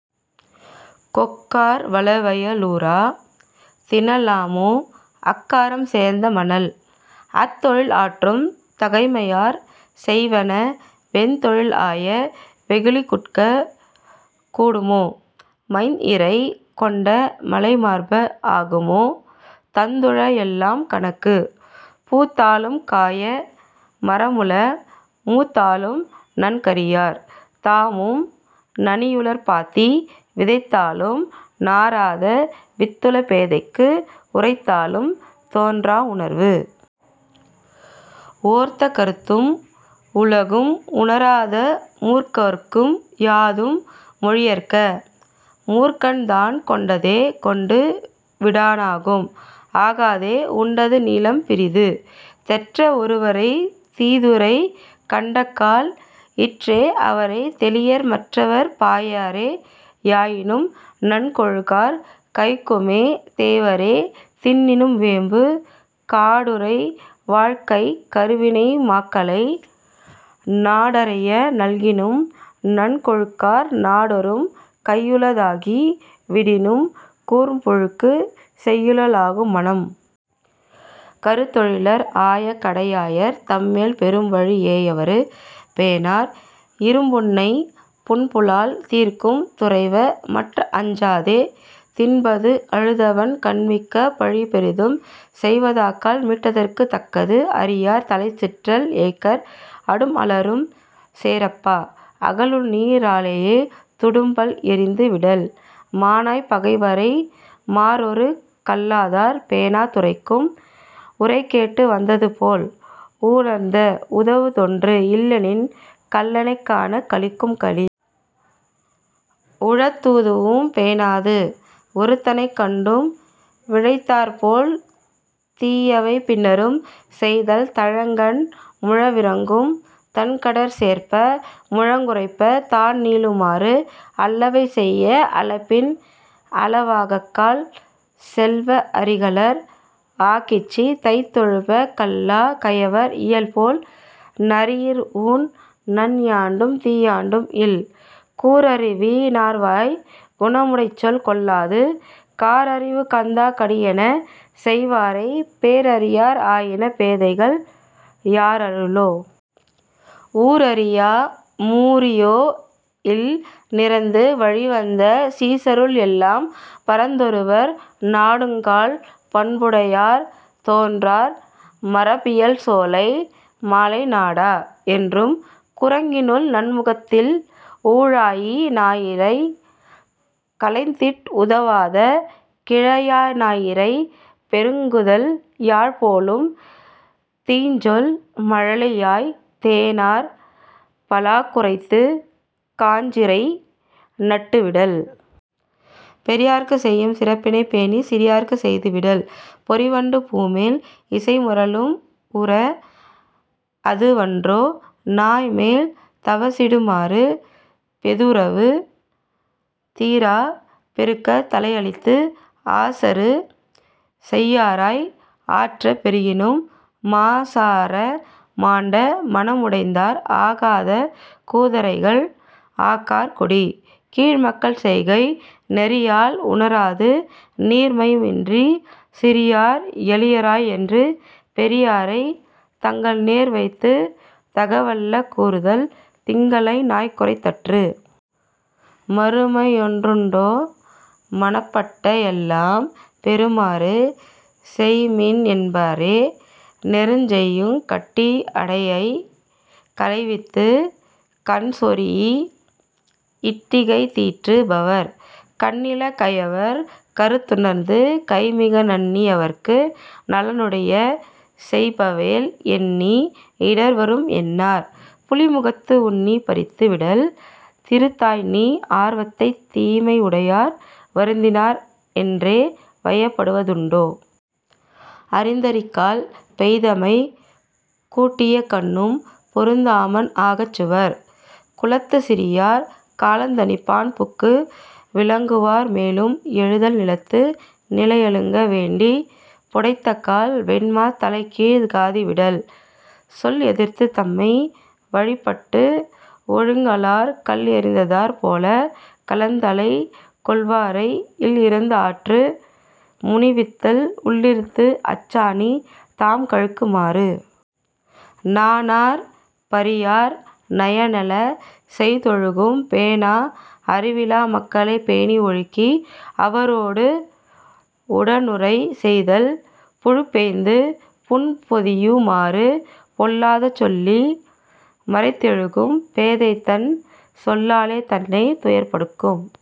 கொக்கார் வளவய லூரா! 'தினலாமோ அக்காரம் சேர்ந்த மணல்'. தந்தொழில் ஆற்றும் தகைமையார் செய்வன வெந்தொழிலர் ஆய வெகுளிகுட்குக் கூடுமோ? மைந்இறை கொண்ட மலைமார்ப! 'ஆகுமோ தந்துழுத எல்லாம் கணக்கு? '. பூத்தாலும் காயா மரமுள மூத்தாலும் நன்கறியார் தாமும் நனியுளர் பாத்தி விதைத்தாலும் நாறாத வித்துள பேதைக்கு 'உரைத்தாலும் தோன்றா உணர்வு'. ஓர்த்த கருத்தும் உலகும் உணராத மூர்க்கர்க்கு யாதும் மொழியற்க! மூர்க்கன்தான் கொண்டதே கொண்டு விடானாகும் 'ஆகாதே உண்டது நீலம் பிறிது'. தெற்ற ஒருவரைத் தீதுரை கண்டக்கால் இற்றே அவரைத் தெளியற் மற்றவர் யாவரே யாயினும் நன்கொழுகார் 'கைக்குமே தேவரே தின்னினும் வேம்பு'. காடுறை வாழ்க்கைக் கருவினை மாக்களை நாடுறைய நல்கினும் நன்கொழுகார் நாடொறும் கையுள தாகி விடினும் 'குறும்பூழ்க்குச் செய்யுள ஆகும் மனம்'. கருந்தொழிலர் ஆய கடையாயர் தம்மேல் பெரும்பழி யேறுவ பேணார் இரும்புன்னை புன்புலால் தீர்க்கும் துறைவ! மற் 'அஞ்சாதே தின்பது அழுவதன் கண்'. மிக்க பழிபெரிதும் செய்வதாக்கால் மீட்டதற்குத் தக்கது அறியார் தலைசிறத்தல் எக்கர் அடும்அலரும் சேரப்ப! 'அகலுள்நீ ராலே துடும்பல் எறிந்து விடல்'. மாணாப் பகைவரை மாறொறுக் கல்லாதார் பேணா துரைக்கும் உரைகேட்டு வந்ததுபோல் ஊணார்ந் உதவுவதொன்று இல்லெனினும் 'கள்ளினைக் காணாக் களிக்கும் களி'. உழந்ததூஉம் பேணாது ஒறுத்தமை கண்டும் விழைந்தார்போல் தீயவை பின்னரும் செய்தல் தழங்கண் முழவிரங்கும் தண்கடற் சேர்ப்ப! 'முழங்குறைப்ப சாண்நீளு மாறு'. அல்லவை செய்ப அலப்பின் அலவாக்கால் செல்வ அறிகலர் ஆகிச்சி தைத்தெழுப கல்லாக் கயவர் இயல்போல் 'நரியிற் ஊண் நல்யாண்டும் தீயாண்டும் இல்'. கூரறிவி னார்வாய்க் குணமுடைச்சொல் கொள்ளாது காரறிவு கந்தாக் கடியன செய்வாரைப் பேரறியார் ஆயின பேதைகள் யாருளரோ? 'ஊரறியா மூரியோ இல்'. நிரந்து வழிவந்த நீசருள் எல்லாம் பரந்தொருவர் நாடுங்கால் பண்புடையார் தோன்றார் மரம்பயில் சோலை மலைநாட! என்றும் 'குரங்கினுள் நன்முகத்த இல்'. ஊழாயி னாரைக் களைந்திட் உதவாத கீழாயி னாரைப் பெருக்குதல் யாழ்போலும் தீஞ்சொல் மழலையாய்! தேனார் 'பலாக்குறைத்துக் காஞ்சிரை நட்டு விடல்'. பெரியார்க்குச் செய்யும் சிறப்பினைப் பேணிச் சிறியார்க்குச் செய்து விடுதல் பொறிவண்டு பூமேல் இசைமுரலும் உர! அதுவன்றோ 'நாய்மேல் தவிசிடு மாறு'. பேதுறவு தீராப் பெருக்கத் தலையளித்து ஆசறு செய்யாராய் ஆற்றப் பெருகினும் மாசாற மாண்ட மனமுடைந்தார் ஆகாத 'கூதறைகள் ஆகார் குடி. '. கீழ்மக்கள் செய்கை நெறியால் உணராது நீர்மையும் இன்றிச் சிறியார் எளியரால் என்று பெரியாரைத் தங்கள்நேர் வைத்துத் தகவல்ல கூறுதல் 'திங்களை நாய்குரைத் தற்று'. மறுமையொன் றுண்டோ மனப்பட்ட எல்லாம் பெறுமாறு செய்ம்மின் என்பாரே- நறுநெய்யுள் கட்டி அடையைக் களைவித்துக் 'கண்சொரீஇ இட்டிகை தீற்று பவர்'. கண்ணில கயவர் கருத்துணர்ந்து கைமிக நண்ணி யவர்க்கு நலனுடைய செய்பவேல் எண்ணி இடர்வரும் என்னார் 'புலிமுகத்து உண்ணி பறித்து விடல்'. திருந்தாய்நீ ஆர்வத்தைத் தீமை உடையார் வருந்தினார் என்றே வயப்படுவ துண்டோ? அரிந்தரிகால் பெய்தமையக் கூட்டியக் கண்ணும் 'பொருந்தாமண் ஆகா சுவர்'. குலத்துச் சிறியார் கலாந்தணிப்பான் புக்கு விலக்குவார் மேலும் எழுதல் நிலத்து நிலையழுங்க வேண்டிப் புடைத்தக்கால் 'வெண்மாத் தலைக்கீழாக் காதி விடல்'. சொல்எதிர்ந்து தம்மை வழிபட்டு ஒழுகலராய்க் கல்எறிந்தாற் போலத் கலந்தலைக் கொள்வாரை இல்இருந் ஆற்ற முனிவித்தல் 'உள்ளிருந்து அச்சாணி தாம்கழிக்கு மாறு'. நாணார் பரியார் நயனல செய்தொழுகும் பேணா அறிவிலா மக்களைப் பேணி ஒழுக்கி அவரோடு உடனுறை செய்தல் 'புழுப்பெய்து புண்பொதியு மாறு'. பொல்லாத சொல்லி மறைத்தெழுகும் பேதைதன் சொல்லாலே தன்னைத் துயர்ப்படுக்கும்